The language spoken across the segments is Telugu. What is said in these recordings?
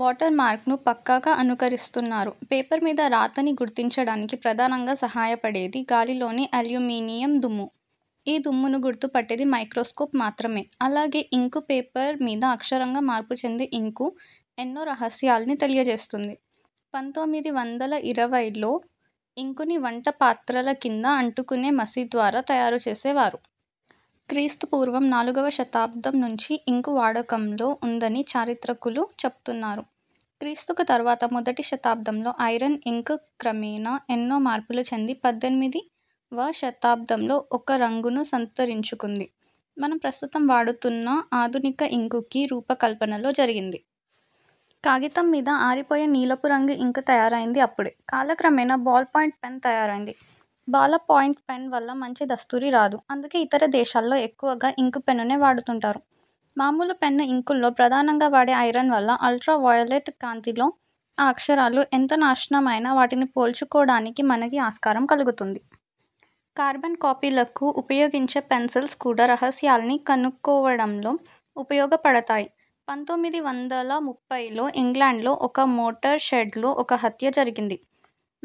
వాటర్ మార్క్ ను పక్కాగా అనుకరిస్తున్నారు. పేపర్ మీద రాతని గుర్తించడానికి ప్రధానంగా సహాయపడేది గాలిలోని అల్యూమినియం దుమ్ము. ఈ దుమ్మును గుర్తుపట్టేది మైక్రోస్కోప్ మాత్రమే అలాగే ఇంకు- పేపరు మీద అక్షరంగా మార్పుచెందే ఇంకు ఎన్నో రహస్యాల్ని తెలియజేస్తుంది. పంతోమిది వందలఇరవై లో ఇంకుని వంటపాత్రల కింద అంటుకునే మసిద్వారా తయారుచేసేవారు. క్రీస్తు పూర్వం నాలుగవ శతాబ్దం నుంచి ఇంకు వాడకంలో ఉందని చారిత్రకులు చెపుతున్నారు. క్రీస్తుకు తర్వాత మొదటి శతాబ్దంలో ఐరన్ ఇంకు క్రమేణా ఎన్నో మార్పులు చెంది పద్దెనిమిది వ శతాబ్దంలో ఒక రంగును సంతరించుకుంది. మనం ప్రస్తుతం వాడుతున్న ఆధునిక ఇంకుకి రూపకల్పన లో జరిగింది. కాగితమ్మీద ఆరిపోయే నీలపురంగు ఇంకు తయారైంది అప్పుడే కాలక్రమేణా బాల్ పాయింట్ పెన్ తయారైంది. బాల పాయింట్ పెన్ వల్ల మంచి దస్తూరి రాదు- అందుకే ఇతర దేశాల్లో ఎక్కువగా ఇంకు పెన్నునే వాడుతుంటారు. మామూలు పెన్ను ఇంకుల్లో ప్రధానంగా వాడే ఐరన్ వల్ల, అల్ట్రా వయోలెట్ కాంతిలో ఆ అక్షరాలు, ఎంత నాశనమైనా వాటిని పోల్చుకోడానికి మనకి ఆస్కారం కలుగుతుంది. కార్బన్ కాపీలకు ఉపయోగించే పెన్సిల్స్ కూడా రహస్యాల్ని కనుక్కోవడంలో ఉపయోగపడతాయి. పంతోమిది వందల ముప్పై లో ఇంగ్లాండ్ లో ఒక మోటారు షెడ్ లో ఒక హత్య జరిగింది.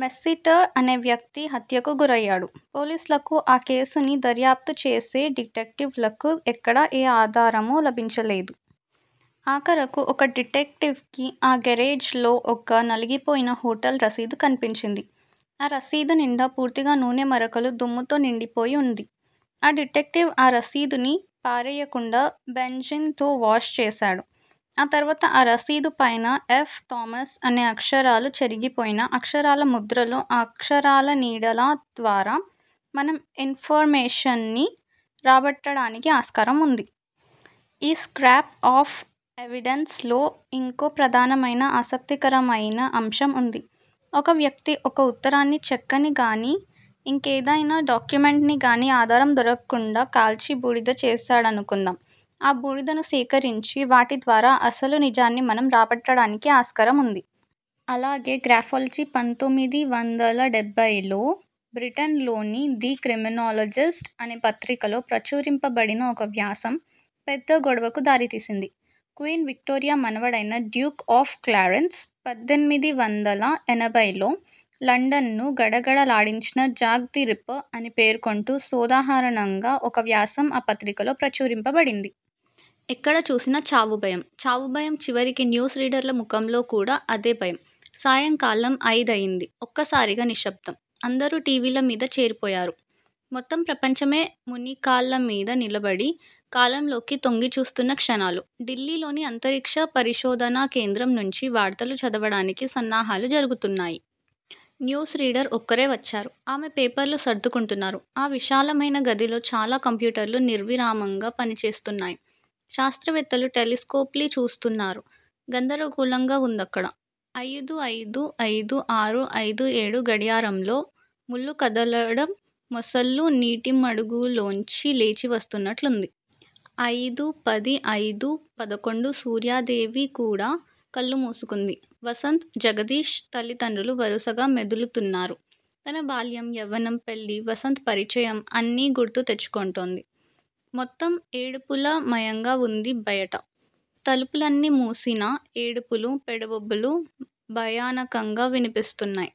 మెస్సిటర్ అనే వ్యక్తి హత్యకు గురయ్యాడు. పోలీసులకు ఆ కేసుని దర్యాప్తు చేసే డిటెక్టివ్ లకు ఎక్కడా ఏ ఆధారమూ లభించలేదు. ఆఖరకు, ఒక డిటెక్టివ్ కి ఆ గేరేజ్ లో ఒక నలిగిపోయిన హోటల్ రసీదు కన్పించింది. ఆ రసీదు నిండా పూర్తిగా నూనె మరకలు, దుమ్ముతో నిండిపోయి ఉంది. ఆ డిటెక్టివ్ ఆ రసీదుని పారెయ్యకుండా, బెంజిన్ తో వాష్ చేసాడు. ఆ తర్వాత ఆ రసీదు పైన ఎఫ్ థామస్ అనే అక్షరాలు చెరిగిపోయినా, అక్షరాల ముద్రలు, అక్షరాల నీడలా ద్వారా మనం ఇన్ ఫర్ మేషన్ ని రాబట్టడానికి ఆస్కారం ఉంది. ఈ స్క్రాప్ ఆఫ్ ఎవిడెన్స్ లో ఇంకో ప్రధానమైన ఆసక్తికరమయిన అంశం ఉంది. ఒక వ్యక్తి ఒక ఉత్తరాన్ని, చెక్కని గానీ, ఇంకేదయినా డాక్యుమెంట్ ని గాని ఆధారం దొరక్కుండా కాల్చి బూడిద చేసాడనుకుందాం ఆ బూడిదను సేకరించి, వాటి ద్వారా అసలు నిజాన్ని మనం రాబట్టడానికి ఆస్కారముంది. అలాగే గ్రాఫాలజీ పంతోమిది వందల డెబ్భై లో బ్రిటన్ లోని ది క్రిమినాలజిస్ట్ అనే పత్రికలో ప్రచురింపబడిన ఒక వ్యాసం, పెద్ద గొడవకు దారితీసింది. క్వీన్ విక్టోరియా మనవడైన డ్యూక్ ఆఫ్ క్లారెన్స్, పద్దెనిమిది వందల ఎనబై లో లండన్ ను గడగడ లాడించిన జాక్ ది రిప్పర్ అని పేర్కొంటూ సోదాహరణంగా ఒక వ్యాసం ఆ పత్రికలో ప్రచురింపబడింది. ఎక్కడ చూసినా చావు భయం, చావు భయం చివరికి న్యూస్ రీడర్ల ముఖంలో కూడా అదే భయం. సాయంకాలం అయిదయింది. ఒక్కసారిగా నిశ్శబ్దం. అందరూ టీవీల మీద చేరిపోయారు. మొత్తం ప్రపంచమే మునికాళ్ళమీద నిలబడి కాలంలోకి తొంగిచూస్తున్న క్షణాలు. ఢిల్లీలోని అంతరిక్ష పరిశోధనా కేంద్రం నుంచి వార్తలు చదవడానికి సన్నాహాలు జరుగుతున్నాయి. న్యూస్ రీడర్ ఒక్కరే వచ్చారు. ఆమె పేపర్లు సర్దుకుంటున్నారు. ఆ విశాలమైన గదిలో చాలా కంప్యూటర్లు నిర్విరామంగా పనిచేస్తున్నాయి. శాస్త్రవేత్తలు టెలిస్కోప్ లి చూస్తున్నారు. గందరగోళంగా వుందక్కడ. అయిదూ అయిదు అయిదూ ఆరు అయిదూ ఏడు గడియారంలో ముళ్ళు కదలడం మొసళ్ళు నీటిమడుగులోంచి లేచి వస్తున్నట్లుంది. అయిదూ పది అయిదూ పదకొండు సూర్యాదేవి కూడా కళ్ళు మూసుకుంది. వసంత్, జగదీష్, తల్లిదండ్రులూ వరుసగా మెదులుతున్నారు. తన బాల్యం, యవ్వనం, పెళ్ళి, వసంత్ పరిచయం అన్నీ గుర్తు తెచ్చుకుంటోంది. మొత్తం ఏడుపుల మయంగా వుంది బయట. తలుపులన్నీ మూసినా ఏడుపులు- పెడబొబ్బలు భయానకంగా వినిపిస్తున్నాయి.